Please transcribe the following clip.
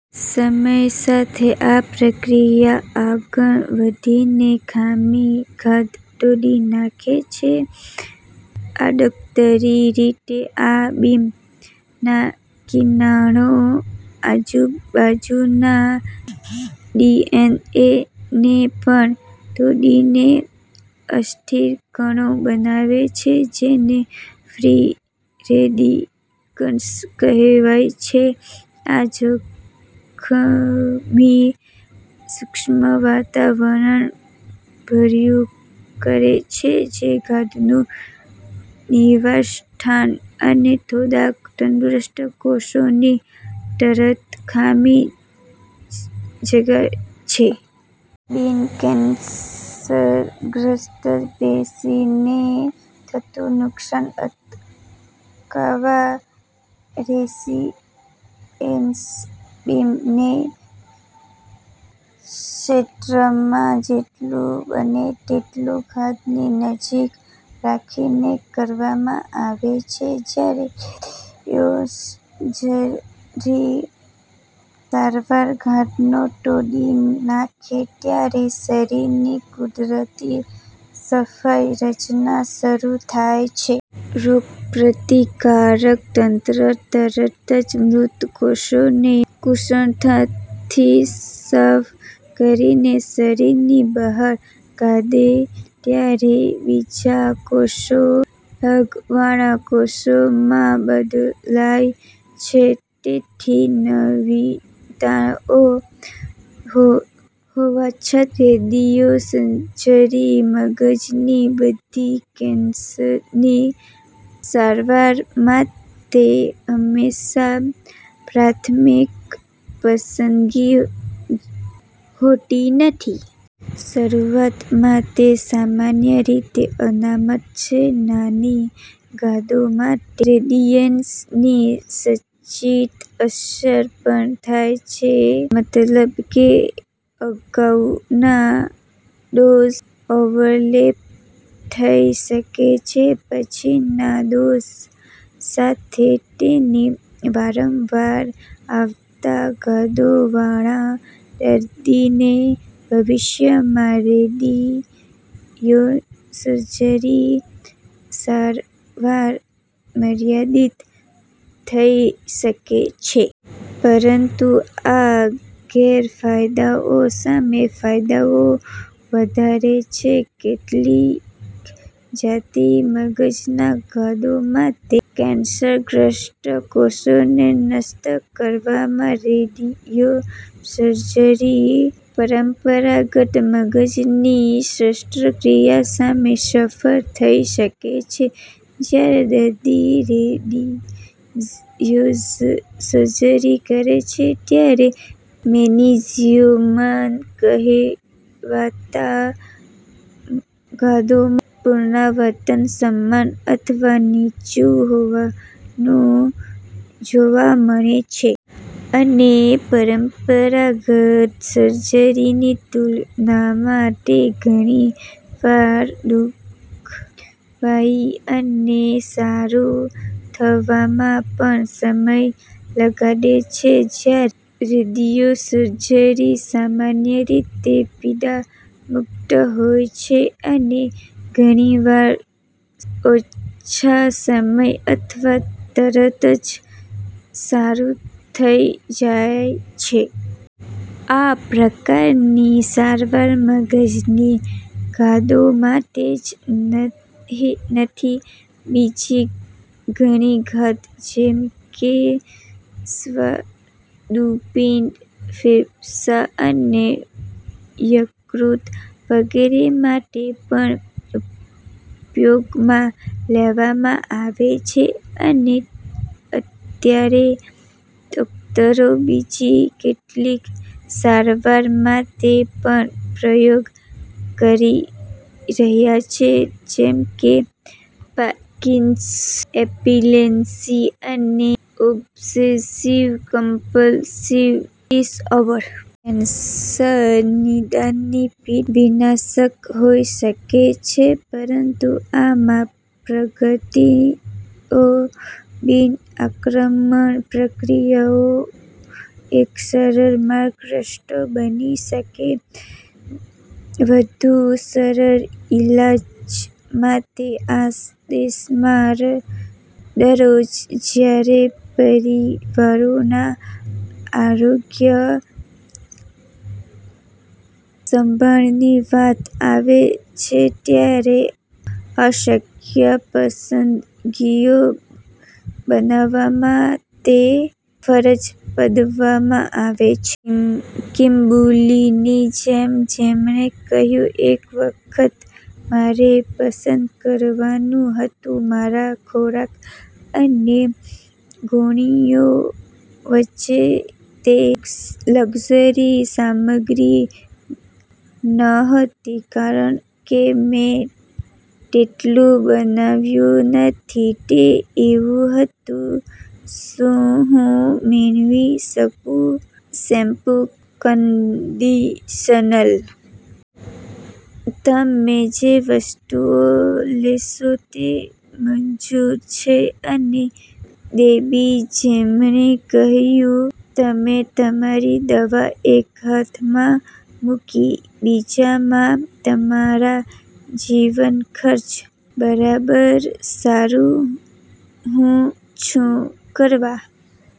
સમયસાથે, આ પ્રક્રિયા આગળ વધીને આખી ગાંઠ તોડી નાખે છે. આડકતરી રીતે, આ બીમ ના કિરણો આજુબાજુ ના ડીએનએ ને પણ તોડીને અસ્થિર કણો બનાવે છે જેને ફ્રી રેડિકલ્સ કહેવાય છે. આ જોખમી સૂક્ષ્મવાતાવરણ ઉભું કરે છે જે ગાંઠ નું નિવાસસ્થાન, અને થોડાક તંદુરસ્ત કોષો ની તરત ખાલી જગ્યારે છે. બિન-કેન્સરગ્રસ્ત પેશીને થતુ નુકશાન અટકાવા રેડીએશન બીમ ને ક્ષેત્રમા જેટલુ બને તેટલુ ગાંઠ ની નજીક રાખીને કરવામા આવે છે. જયારે રેડીઓસર્જરી સારવાર ગાંઠને તોડી નાખે, ત્યારે શરીરની કુદરતી સફાઈ રચના શરુ થાય છે. રોગપ્રતિકારક તંત્ર તરતજ મૃત કોષોને કુશળતાથી સાફ કરીને શરીરની બહાર કાઢે ત્યારે બીજા કોષો ડાઘ વાળા કોષોમા બદલાય છે. તેની નવીનતાઓ હોવા છતાં, રેડિયોસર્જરી મગજની બધી કેન્સરની સારવાર માટે હંમેશાં પ્રાથમિક પસંદગી હોતી નથી. શરૂઆત મા, તે સામાન્ય રીતે અનામત છે નાની ગાંઠો માટે. રેડિયેશન ની સંચિત અસર પણ થાય છે, મતલબ કે અગાઉના ડોઝ ઓવરલેપ થઈ શકે છે, પછીના ડોઝ સાથે. તેથી વારંવાર આવતા ગાંઠોવાળા દર્દીને ભવિષ્યમાં રેડિયોસર્જરી સારવાર મર્યાદિત થઈ શકે છે. પરંતુ આ ગેરફાયદાઓ સામે ફાયદાઓ વધારે છે. કેટલીય જાતની મગજના ગાંઠો માટે, કેન્સરગ્રસ્ત કોષોને નષ્ટ કરવામા રેડિયો સર્જરી પરંપરાગત મગજની શસ્ત્રક્રિયા સામે સફળ થઈ શકે છે. જયારે દર્દી રેડિયોસર્જરી કરે છે, ત્યારે મેનિન્જિઓમસ કહેવાતા ગાંઠોમાં, પુનરાવર્તન સમાન અથવા નીચું હોવાનું જોવા મળે છે. અને પરંપરાગત સર્જરીની તુલનામાં- તે ઘણીવાર દુઃખદાયી અને સારું થવામા પણ સમય લગાડે છે. જયારે રેડિયોસર્જરી સામાન્ય રીતે પીડા મુક્ત હોય છે, અને ઘણીવાર સાવ ઓછા સમય અથવા તરતજ સારું થઇ જાય છે. આ પ્રકારની સારવાર મગજની ગાંઠો માટે જ નથી: બીજી ઘણીગાંઠ જેમકે સ્વાદુપિંડ, ફેફસાં અને યકૃત વગેરે માટે પણ ઉપયોગમા લેવામા આવે છે. અને અત્યારે, ડોકટરો બીજી કેટલીક સારવાર માટે પણ પ્રયોગ કરી રહ્યા છે જેમકે પાર્કિન્સન્સ, એપિલેપ્સી, અને ઓબ્સેસીવ કમ્પલસિવ ડિસઑડર. કેન્સર નિદાનની પીડા વિનાશક હોઈ શકે છે, પરંતુ આમાં પ્રગતિઓ બિન-આક્રમક પ્રક્રિયાઓ એક સરળ માર્ગ રસ્તો બની શકે. વધુ સરળ ઇલાજ માટે આ દેશમાં દરરોજ, જ્યારે પરિવારોના આરોગ્ય સંભાળની વાત આવે છે ત્યારે અશક્ય પસંદગીઓ બનાવવા માટે ફરજ પાડવામાં આવે છે. કિમ્બર્લીની જેમ, જેમણે કહ્યું, "એક વખત મારે પસંદ કરવાનું હતું મારા ખોરાક અને ગોળીઓ વચ્ચે. તે લક્ઝરી સામગ્રી નહોતી, કારણ કે મેં તેટલું બનાવ્યું નથી. તે એવું હતું, 'શું હું મેળવી શકું શેમ્પૂ કે કન્ડિશનર? ' તમે જે વસ્તુઓ લેશો તે મંજૂર છે. " અને ડેબી, જેમણે કહ્યું, "તમે તમારી દવા એક હાથમાં મૂકી, બીજામાં તમારા જીવન ખર્ચ. બરાબર. સારું, હું શું કરવા